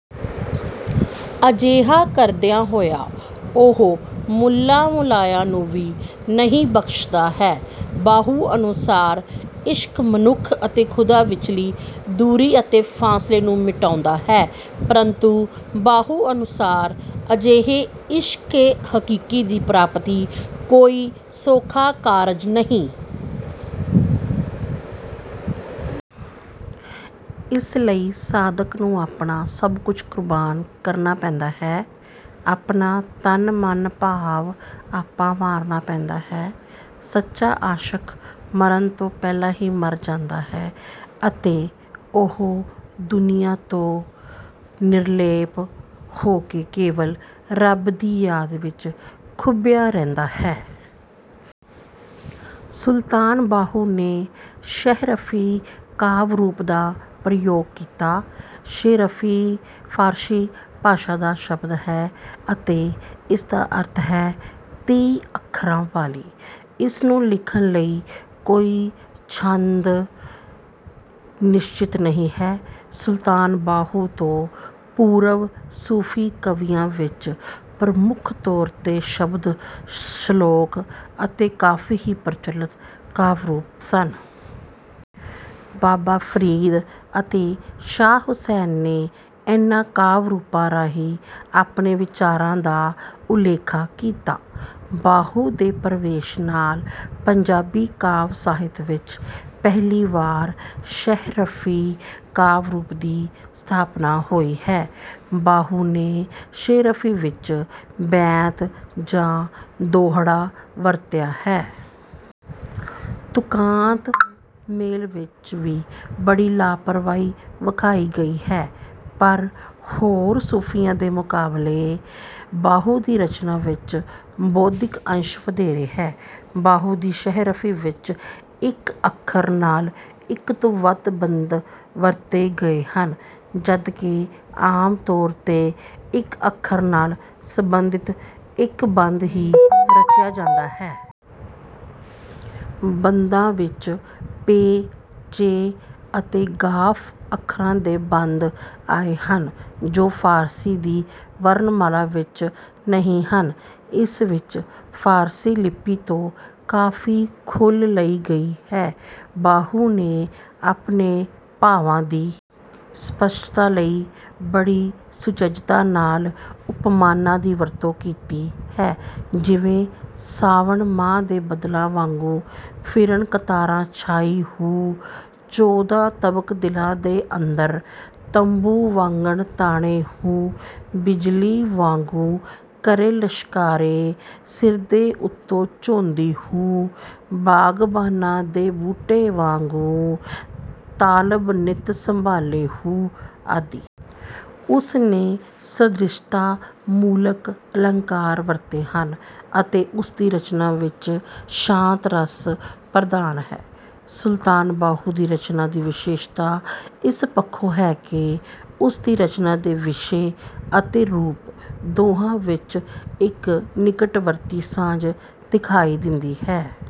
ਅਜਿਹਾ ਕਰਦਿਆਂ ਹੋਇਆ ਉਹ ਮੁੱਲਾ ਮੁਲਇਆ ਨੂੰ ਵੀ ਨਹੀਂ ਬਖਸ਼ਦਾ ਹੈ। ਬਾਹੂ ਅਨੁਸਾਰ ਇਸ਼ਕ ਮਨੁੱਖ ਅਤੇ ਖੁਦਾ ਵਿਚਲੀ ਦੂਰੀ ਅਤੇ ਫਾਸਲੇ ਨੂੰ ਮਿਟਾਉਂਦਾ ਹੈ। ਪਰੰਤੂ ਬਾਹੂ ਅਨੁਸਾਰ ਅਜਿਹੇ ਇਸ਼ਕ-ਏ-ਹਕੀਕੀ ਦੀ ਪ੍ਰਾਪਤੀ ਕੋਈ ਸੌਖਾ ਕਾਰਜ ਨਹੀਂ। ਇਸ ਲਈ ਸਾਧਕ ਨੂੰ ਆਪਣਾ ਸਭ ਕੁਝ ਕੁਰਬਾਨ ਕਰਨਾ ਪੈਂਦਾ ਹੈ, ਆਪਣਾ ਤਨ-ਮਨ ਭਾਵ ਆਪਾ ਮਾਰਨਾ ਪੈਂਦਾ ਹੈ। ਸੱਚਾ ਆਸ਼ਕ ਮਰਨ ਤੋਂ ਪਹਿਲਾਂ ਹੀ ਮਰ ਜਾਂਦਾ ਹੈ ਅਤੇ ਉਹ ਦੁਨੀਆ ਤੋਂ ਨਿਰਲੇਪ ਹੋ ਕੇ ਕੇਵਲ ਰੱਬ ਦੀ ਯਾਦ ਵਿੱਚ ਖੁੱਭਿਆ ਰਹਿੰਦਾ ਹੈ। ਸੁਲਤਾਨ ਬਾਹੂ ਨੇ 'ਸ਼ੀਹਰਫ਼ੀ' ਕਾਵਿ-ਰੂਪ ਦਾ ਪ੍ਰਯੋਗ ਕੀਤਾ। 'ਸ਼ੀਹਰਫ਼ੀ' ਫ਼ਾਰਸੀ ਭਾਸ਼ਾ ਦਾ ਸ਼ਬਦ ਹੈ ਅਤੇ ਇਸਦਾ ਅਰਥ ਹੈ 'ਤੀਹ ਅੱਖਰਾਂ ਵਾਲੀ'। ਇਸਨੂੰ ਲਿਖਣ ਲਈ ਕੋਈ ਛੰਦ ਨਿਸ਼ਚਿਤ ਨਹੀਂ ਹੈ। ਸੁਲਤਾਨ ਬਾਹੂ ਤੋਂ ਪੂਰਵ ਸੂਫੀ ਕਵੀਆਂ ਵਿੱਚ ਪ੍ਰਮੁੱਖ ਤੌਰ 'ਤੇ ਸ਼ਬਦ, ਸ਼ਲੋਕ ਅਤੇ ਕਾਫ਼ੀ ਹੀ ਪ੍ਰਚਲਿਤ ਕਾਵਿ-ਰੂਪ ਸਨ। ਬਾਬਾ ਫ਼ਰੀਦ ਅਤੇ ਸ਼ਾਹ ਹੁਸੈਨ ਨੇ ਇਨ੍ਹਾਂ ਕਾਵਿ ਰੂਪਾਂ ਰਾਹੀਂ ਆਪਣੇ ਵਿਚਾਰਾਂ ਦਾ ਉਲੇਖਾ ਕੀਤਾ। ਬਾਹੂ ਦੇ ਪ੍ਰਵੇਸ਼ ਨਾਲ ਪੰਜਾਬੀ ਕਾਵਿ ਸਾਹਿਤ ਵਿੱਚ ਪਹਿਲੀ ਵਾਰ 'ਸ਼ੀਹਰਫ਼ੀ' ਕਾਵਿ ਰੂਪ ਦੀ ਸਥਾਪਨਾ ਹੋਈ ਹੈ। ਬਾਹੂ ਨੇ 'ਸ਼ੀਹਰਫ਼ੀ' ਵਿੱਚ ਬੈਂਤ ਜਾਂ ਦੋਹੜਾ ਵਰਤਿਆ ਹੈ। ਤੁਕਾਂਤ ਮੇਲ ਵਿੱਚ ਵੀ ਬੜੀ ਲਾਪਰਵਾਹੀ ਵਿਖਾਈ ਗਈ ਹੈ। ਪਰ ਹੋਰ ਸੂਫ਼ੀਆਂ ਦੇ ਮੁਕਾਬਲੇ ਬਾਹੂ ਦੀ ਰਚਨਾ ਵਿੱਚ ਬੌਧਿਕ ਅੰਸ਼ ਵਧੇਰੇ ਹੈ। ਬਾਹੂ ਦੀ 'ਸ਼ੀਹਰਫ਼ੀ' ਵਿੱਚ ਇੱਕ ਅੱਖਰ ਨਾਲ ਇੱਕ ਤੋਂ ਵੱਧ ਬੰਦ ਵਰਤੇ ਗਏ ਹਨ, ਜਦ ਕਿ ਆਮ ਤੌਰ 'ਤੇ ਇੱਕ ਅੱਖਰ ਨਾਲ ਸੰਬੰਧਿਤ ਇੱਕ ਬੰਦ ਹੀ ਰਚਿਆ ਜਾਂਦਾ ਹੈ। ਬੰਦਾਂ ਵਿੱਚ 'ਪੇ', 'ਚੇ' ਅਤੇ 'ਗ਼ਾਫ਼' ਅੱਖਰਾਂ ਦੇ ਬੰਦ ਆਏ ਹਨ, ਜੋ ਫ਼ਾਰਸੀ ਦੀ ਵਰਣਮਾਲਾ ਵਿੱਚ ਨਹੀਂ ਹਨ। ਇਸ ਵਿੱਚ ਫ਼ਾਰਸੀ ਲਿਪੀ ਤੋਂ ਕਾਫ਼ੀ ਖੁੱਲ੍ਹ ਲਈ ਗਈ ਹੈ। ਬਾਹੂ ਨੇ ਆਪਣੇ ਭਾਵਾਂ ਦੀ ਸਪਸ਼ਟਤਾ ਲਈ ਬੜੀ ਸੁਚੱਜਤਾ ਨਾਲ ਉਪਮਾਨਾਂ ਦੀ ਵਰਤੋਂ ਕੀਤੀ ਹੈ, ਜਿਵੇਂ 'ਸਾਵਣ ਮਾਹ ਦੇ ਬਦਲਾਂ ਵਾਂਗੂ, ਫਿਰਨ ਕਤਾਰਾਂ ਛਾਈ ਹੂ', 'ਚੌਦਾਂ ਤਬਕ ਦਿਲਾ ਦੇ ਅੰਦਰ, ਤੰਬੂ ਵਾਂਗਣ ਤਾਣੇ ਹੂ', 'ਬਿਜਲੀ ਵਾਂਗੂ ਕਰੇ ਲਸ਼ਕਾਰੇ, ਸਿਰ ਦੇ ਉੱਤੋਂ ਝੋਂਦੀ ਹੂ', 'ਬਾਗਬਾਨਾਂ ਦੇ ਬੂਟੇ ਵਾਂਗੂ, ਤਾਲਬ ਨਿਤ ਸੰਭਾਲੇ ਹੂ' ਆਦਿ। ਉਸਨੇ ਸਦ੍ਰਿਸ਼ਤਾ-ਮੂਲਕ ਅਲੰਕਾਰ ਵਰਤੇ ਹਨ ਅਤੇ ਉਸਦੀ ਰਚਨਾ ਵਿੱਚ ਸ਼ਾਂਤ ਰਸ ਪ੍ਰਧਾਨ ਹੈ। ਸੁਲਤਾਨ ਬਾਹੂ ਦੀ ਰਚਨਾ ਦੀ ਵਿਸ਼ੇਸ਼ਤਾ ਇਸ ਪੱਖੋਂ ਹੈ ਕਿ ਉਸ ਦੀ ਰਚਨਾ ਦੇ ਵਿਸ਼ੇ ਅਤੇ ਰੂਪ ਦੋਹਾਂ ਵਿੱਚ ਇੱਕ ਨਿਕਟਵਰਤੀ ਸਾਂਝ ਦਿਖਾਈ ਦਿੰਦੀ ਹੈ।